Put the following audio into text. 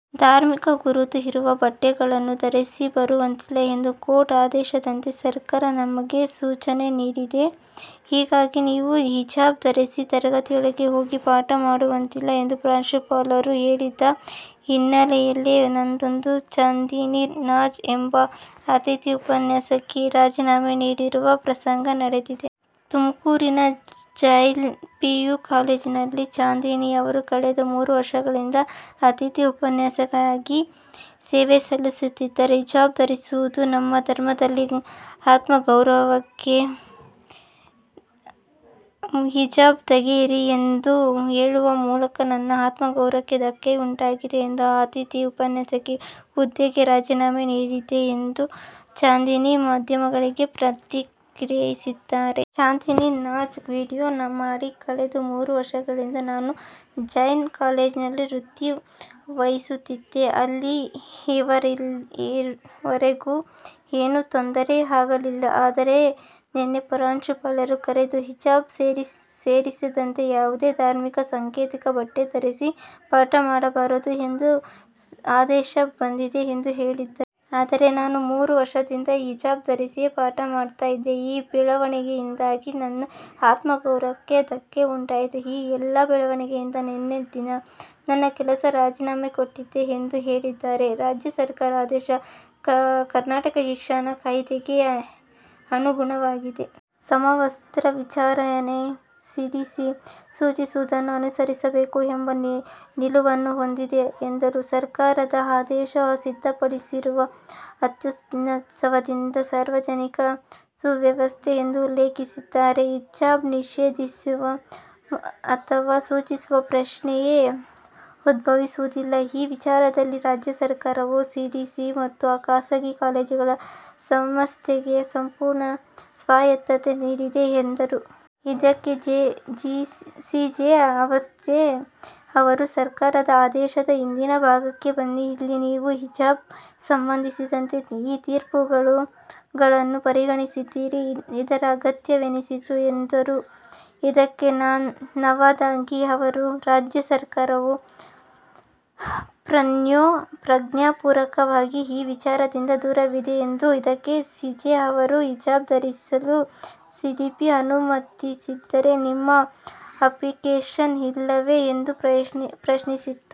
ಧಾರ್ಮಿಕ ಗುರುತು ಇರುವ ಬಟ್ಟೆಗಳನ್ನು ಧರಿಸಿ ಬರುವಂತಿಲ್ಲ ಎಂದು ಕೋರ್ಟ್ ಆದೇಶದಂತೆ ಸರ್ಕಾರ ನಮಗೆ ಸೂಚನೆ ನೀಡಿದೆ, ಹೀಗಾಗಿ ನೀವು ಹಿಜಾಬ್ ಧರಿಸಿ ತರಗತಿಯೊಳಗೆ ಹೋಗಿ ಪಾಠ ಮಾಡುವಂತಿಲ್ಲ ಎಂದು ಪ್ರಾಂಶುಪಾಲರು ಹೇಳಿದ ಹಿನ್ನೆಲೆಯಲ್ಲಿ ನೊಂದು ಚಾಂದಿನಿ ನಾಜ್ ಎಂಬ ಅತಿಥಿ ಉಪನ್ಯಾಸಕಿ ರಾಜೀನಾಮೆ ನೀಡಿರುವ ಪ್ರಸಂಗ ನಡೆದಿದೆ. ತುಮಕೂರಿನ ಜೈನ್ ಪಿಯು ಕಾಲೇಜಿನಲ್ಲಿ ಚಾಂದಿನಿಯವರು ಕಳೆದ ಮೂರು ವರ್ಷಗಳಿಂದ ಅತಿಥಿ ಉಪನ್ಯಾಸಕಿಯಾಗಿ ಸೇವೆ ಸಲ್ಲಿಸುತ್ತಿದ್ದರು. ಹಿಜಾಬ್ ಧರಿಸುವುದು ನಮ್ಮ ಧರ್ಮದಲ್ಲಿ ಆತ್ಮಗೌರವಕ್ಕೆ, ಹಿಜಾಬ್ ತೆಗೆಯಿರಿ ಎಂದು ಹೇಳುವ ಮೂಲಕ ನನ್ನ ಆತ್ಮಗೌರವಕ್ಕೆ ಧಕ್ಕೆಯುಂಟಾಗಿದೆ ಎಂದು ಅತಿಥಿ ಉಪನ್ಯಾಸಕಿ ಹುದ್ದೆಗೆ ರಾಜೀನಾಮೆ ನೀಡಿದ್ದೇನೆ ಎಂದು ಚಾಂದಿನಿ ಮಾಧ್ಯಮಗಳಿಗೆ ಪ್ರತಿಕ್ರಿಯಿಸಿದ್ದಾರೆ. ಚಾಂದಿನಿ ನಾಜ್ ವಿಡಿಯೊ ಮಾಡಿ ಕಳೆದ ಮೂರು ವರ್ಷಗಳಿಂದ ನಾನು ಜೈನ್ ಕಾಲೇಜಿನಲ್ಲಿ ವೃತ್ತಿ ನಿರ್ವಹಿಸುತ್ತಿದ್ದೆ. ಅಲ್ಲಿಂದ ಇಲ್ಲಿವರೆಗೂ ಏನೂ ತೊಂದರೆ ಆಗಿರಲಿಲ್ಲ. ಆದರೆ ನಿನ್ನೆ ಪ್ರಾಂಶುಪಾಲರು ಕರೆದು ಹಿಜಾಬ್ ಸೇರಿದಂತೆ ಯಾವುದೇ ಧಾರ್ಮಿಕ ಸಂಕೇತದ ಬಟ್ಟೆ ಧರಿಸಿ ಪಾಠ ಮಾಡಬಾರದು ಎಂದು ಆದೇಶ ಬಂದಿದೆ ಎಂದು ಹೇಳಿದ್ದರು. ಆದರೆ ನಾನು ಮೂರು ವರ್ಷದಿಂದ ಹಿಜಾಬ್ ಧರಿಸಿಯೇ ಪಾಠ ಮಾಡ್ತಾ ಇದ್ದೆ. ಈ ಬೆಳವಣಿಗೆಯಿಂದಾಗಿ ನನ್ನ ಆತ್ಮಗೌರಕ್ಕೆ ಧಕ್ಕೆ ಉಂಟಾಯಿತು. ಈ ಎಲ್ಲ ಬೆಳವಣಿಗೆಯಿಂದ ನಿನ್ನೆ ದಿನ ನನ್ನ ಕೆಲಸಕ್ಕೆ ರಾಜಿನಾಮೆ ಕೊಟ್ಟಿದ್ದೇನೆ ಎಂದು ಹೇಳಿದ್ದಾರೆ. ರಾಜ್ಯ ಸರ್ಕಾರ ಆದೇಶ ಕರ್ನಾಟಕ ಶಿಕ್ಷಣ ಕಾಯಿದೆಗೆ ಅನುಗುಣವಾಗಿದೆ. ಸಮವಸ್ತ್ರದ ವಿಚಾರದಲ್ಲಿ ಸಿಡಿಸಿ ಸೂಚಿಸುವುದನ್ನು ಅನುಸರಿಸಬೇಕು ಎಂಬ ನಿಲುವನ್ನು ಹೊಂದಿದೆ ಎಂದರು. ಸರ್ಕಾರದ ಆದೇಶ ಸಿದ್ಧಪಡಿಸಿದವರು ಅತ್ಯುತ್ಸಾಹದಿಂದ ಸಾರ್ವಜನಿಕ ಸುವ್ಯವಸ್ಥೆ ಎಂದು ಉಲ್ಲೇಖಿಸಿದ್ದಾರೆ. ಹಿಜಾಬ್ ನಿಷೇಧಿಸುವ ಅಥವಾ ಸೂಚಿಸುವ ಪ್ರಶ್ನೆಯೇ ಉದ್ಭವಿಸುವುದಿಲ್ಲ. ಈ ವಿಚಾರದಲ್ಲಿ ರಾಜ್ಯ ಸರ್ಕಾರವು ಸಿಡಿಸಿ ಮತ್ತು ಖಾಸಗಿ ಕಾಲೇಜುಗಳ ಸಂಸ್ಥೆಗಳಿಗೆ ಸಂಪೂರ್ಣ ಸ್ವಾಯತ್ತತೆ ನೀಡಿದೆ ಎಂದರು. ಇದಕ್ಕೆ ಸಿಜೆ ಅವಸ್ಥಿ ಅವರು 'ಸರ್ಕಾರದ ಆದೇಶದ ಹಿಂದಿನ ಭಾಗಕ್ಕೆ ಬನ್ನಿ. ಇಲ್ಲಿ ನೀವು ಹಿಜಾಬ್ಗೆ ಸಂಬಂಧಿಸಿದಂತೆ ಈ ತೀರ್ಪುಗಳನ್ನು ಪರಿಗಣಿಸಿದ್ದೀರಿ. ಇದರ ಅಗತ್ಯವೇನಿತ್ತು? ' ಎಂದರು. ಇದಕ್ಕೆ ನಾವದಗಿ ಅವರು 'ರಾಜ್ಯ ಸರ್ಕಾರವು ಪ್ರಜ್ಞಾಪೂರ್ವಕವಾಗಿ ಈ ವಿಚಾರದಿಂದ ದೂರವಿದೆ' ಎಂದರು. ಇದಕ್ಕೆ ಸಿಜೆ ಅವರು 'ಹಿಜಾಬ್ ಧರಿಸಲು ಸಿಡಿಸಿ ಅನುಮತಿಸಿದರೆ ನಿಮ್ಮ ಆಕ್ಷೇಪ ಇಲ್ಲವೇ' ಎಂದು ಪ್ರಶ್ನಿಸಿತು.